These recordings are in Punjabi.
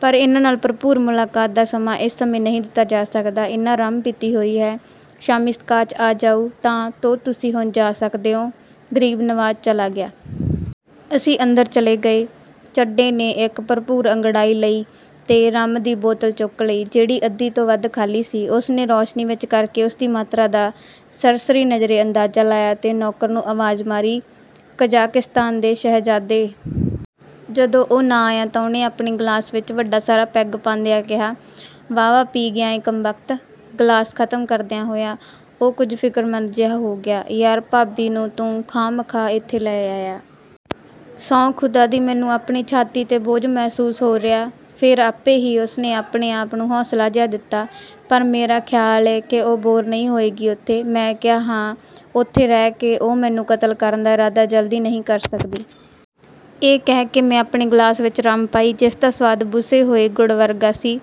ਪਰ ਇਹਨਾਂ ਨਾਲ ਭਰਪੂਰ ਮੁਲਾਕਾਤ ਦਾ ਸਮਾਂ ਇਸ ਸਮੇਂ ਨਹੀਂ ਦਿੱਤਾ ਜਾ ਸਕਦਾ। ਇਹਨਾਂ ਰੰਮ ਪੀਤੀ ਹੋਈ ਏ। ਸ਼ਾਮੀਂ ਸਕਾਚ ਆ ਜਾਉ ਤਾਂ ਤੋ ਤੁਸੀਂ ਹੁਣ ਜਾ ਸਕਦੇ ਓ। " ਗਰੀਬ ਨਵਾਜ਼ ਚਲਾ ਗਿਆ। ਅਸੀਂ ਅੰਦਰ ਚਲੇ ਗਏ। ਚੱਡੇ ਨੇ ਇਕ ਭਰਪੂਰ ਅੰਗੜਾਈ ਲਈ ਤੇ ਰੰਮ ਦੀ ਬੋਤਲ ਚੁੱਕ ਲਈ, ਜਿਹੜੀ ਅੱਧੀ ਤੋਂ ਵੱਧ ਖ਼ਾਲੀ ਸੀ। ਉਸਨੇ ਰੋਸ਼ਨੀ ਵਿਚ ਕਰਕੇ ਉਸਦੀ ਮਾਤਰਾ ਦਾ ਸਰਸਰੀ ਨਜ਼ਰੇ ਅੰਦਾਜ਼ਾ ਲਾਇਆ ਤੇ ਨੌਕਰ ਨੂੰ ਆਵਾਜ਼ ਮਾਰੀ, "ਕਜਾਕਿਸਤਾਨ ਦੇ ਸ਼ਹਿਜ਼ਾਦੇ! " ਜਦੋਂ ਉਹ ਨਾ ਆਇਆ ਤਾਂ ਉਹਨੇ ਆਪਣੇ ਗਲਾਸ ਵਿਚ ਵੱਡਾ ਸਾਰਾ ਪੈਗ ਪਾਂਦਿਆਂ ਕਿਹਾ, "ਵਾਹਵਾ ਪੀ ਗਿਆ ਏ ਕੰਮਬਖ਼ਤ! " ਗ਼ਲਾਸ ਖ਼ਤਮ ਕਰਦਿਆਂ ਹੋਇਆਂ ਉਹ ਕੁਝ ਫਿਕਰਮੰਦ ਜਿਹਾ ਹੋ ਗਿਆ, "ਯਾਰ, ਭਾਬੀ ਨੂੰ ਤੂੰ ਖਾਹਮ-ਖਾਹ ਇੱਥੇ ਲੈ ਆਇਆ। ਸੌਂਹ ਖ਼ੁਦਾ ਦੀ ਮੈਨੂੰ ਆਪਣੀ ਛਾਤੀ ਤੇ ਬੋਝ ਮਹਿਸੂਸ ਹੋ ਰਿਹੈ। "ਫੇਰ ਆਪੇ ਹੀ ਉਸਨੇ ਆਪਣੇ ਆਪ ਨੂੰ ਹੌਸਲਾ ਜਿਹਾ ਦਿੱਤਾ, "ਪਰ ਮੇਰਾ ਖਿਆਲ ਏ ਕਿ ਉਹ ਬੋਰ ਨਹੀਂ ਹੋਏਗੀ ਉੱਥੇ। " ਮੈਂ ਕਿਹਾ, "ਹਾਂ, ਉੱਥੇ ਰਹਿ ਕੇ ਉਹ ਮੈਨੂੰ ਕਤਲ ਕਰਨ ਦਾ ਇਰਾਦਾ ਜਲਦੀ ਨਹੀਂ ਕਰ ਸਕਦੀ। " ਇਹ ਕਹਿ ਕੇ ਮੈਂ ਆਪਣੇ ਗਲਾਸ ਵਿਚ ਰੰਮ ਪਾਈ, ਜਿਸਦਾ ਸਵਾਦ ਬੁਸੇ ਹੋਏ ਗੁੜ ਵਰਗਾ ਸੀ।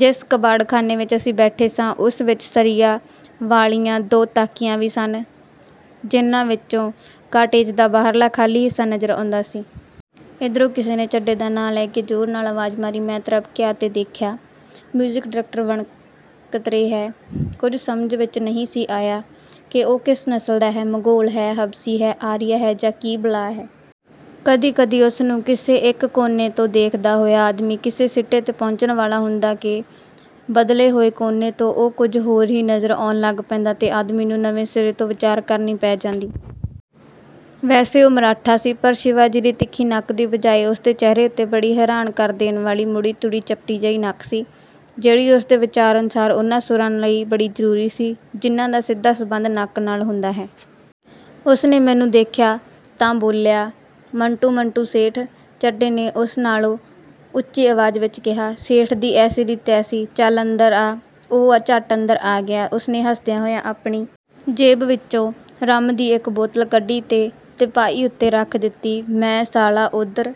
ਜਿਸ ਕਬਾੜਖਾਨੇ ਵਿਚ ਅਸੀਂ ਬੈਠੇ ਸਾਂ, ਉਸ ਵਿਚ ਸਰੀਆਂ ਵਾਲੀਆਂ ਦੋ ਤਾਕੀਆਂ ਵੀ ਸਨ ਜਿਹਨਾਂ ਵਿਚੋਂ ਕਾਟੇਜ ਦਾ ਬਾਹਰਲਾ ਖਾਲੀ ਹਿੱਸਾ ਨਜ਼ਰ ਆਉਂਦਾ ਸੀ। ਇਧਰੋਂ ਕਿਸੇ ਨੇ ਚੱਡੇ ਦਾ ਨਾਂਅ ਲੈ ਕੇ ਜ਼ੋਰ ਨਾਲ ਆਵਾਜ਼ ਮਾਰੀ। ਮੈਂ ਤ੍ਰਬਕ ਗਿਆ ਤੇ ਦੇਖਿਆ ਮਿਊਜ਼ਿਕ ਡਾਇਰੈਕਟਰ ਵਣਕਤਰੇ ਹੈ। ਕੁਝ ਸਮਝ ਵਿਚ ਨਹੀਂ ਸੀ ਆਇਆ ਕਿ ਉਹ ਕਿਸ ਨਸਲ ਦਾ ਹੈ, ਮੰਗੋਲ ਹੈ, ਹਬਸ਼ੀ ਹੈ, ਆਰੀਆ ਹੈ ਜਾਂ ਕੀ ਬਲਾਅ ਹੈ! ਕਦੀ-ਕਦੀ ਉਸਨੂੰ ਕਿਸੇ ਇਕ ਕੋਨੇ ਤੋਂ ਦੇਖਦਾ ਹੋਇਆ ਆਦਮੀ ਕਿਸੇ ਸਿੱਟੇ 'ਤੇ ਪਹੁੰਚਣ ਵਾਲਾ ਹੁੰਦਾ ਕਿ ਬਦਲੇ ਹੋਏ ਕੋਨੇ ਤੋਂ ਉਹ ਕੁਝ ਹੋਰ ਹੀ ਨਜ਼ਰ ਆਉਣ ਲੱਗ ਪੈਂਦਾ ਤੇ ਆਦਮੀ ਨੂੰ ਨਵੇਂ ਸਿਰੇ ਤੋਂ ਵਿਚਾਰ ਕਰਨੀ ਪੈ ਜਾਂਦੀ। ਵੈਸੇ ਉਹ ਮਰਾਠਾ ਸੀ, ਪਰ ਸ਼ਿਵਾ ਜੀ ਦੀ ਤਿੱਖੀ ਨੱਕ ਦੀ ਬਜਾਏ ਉਸਦੇ ਚਿਹਰੇ ਉੱਤੇ ਬੜੀ ਹੈਰਾਨ ਕਰ ਦੇਣ ਵਾਲੀ ਮੁੜੀ-ਤੁੜੀ, ਚਪਟੀ ਜਿਹੀ ਨੱਕ ਸੀ, ਜਿਹੜੀ ਉਸਦੇ ਵਿਚਾਰ ਅਨੁਸਾਰ ਉਹਨਾਂ ਸੁਰਾਂ ਲਈ ਬੜੀ ਜ਼ਰੂਰੀ ਸੀ, ਜਿਹਨਾਂ ਦਾ ਸਿੱਧਾ ਸਬੰਧ ਨੱਕ ਨਾਲ ਹੁੰਦਾ ਹੈ। ਉਸਨੇ ਮੈਨੂੰ ਦੇਖਿਆ ਤਾਂ ਬੋਲਿਆ, "ਮੰਟੋ-ਮੰਟੋ ਸੇਠ! " ਚੱਡੇ ਨੇ ਉਸ ਨਾਲੋਂ ਉੱਚੀ ਆਵਾਜ਼ ਵਿਚ ਕਿਹਾ, "ਸੇਠ ਦੀ ਐਸੀ ਦੀ ਤੈਸੀ-ਚੱਲ, ਅੰਦਰ ਆ! " ਉਹ ਝੱਟ ਅੰਦਰ ਆ ਗਿਆ। ਉਸਨੇ ਹੱਸਦਿਆਂ ਹੋਇਆਂ ਆਪਣੀ ਜੇਬ ਵਿਚੋਂ ਰੰਮ ਦੀ ਇਕ ਬੋਤਲ ਕੱਢੀ ਤੇ ਤਿਪਾਈ ਉੱਤੇ ਰੱਖ ਦਿੱਤੀ, "ਮੈਂ ਸਾਲਾ ਉਧਰ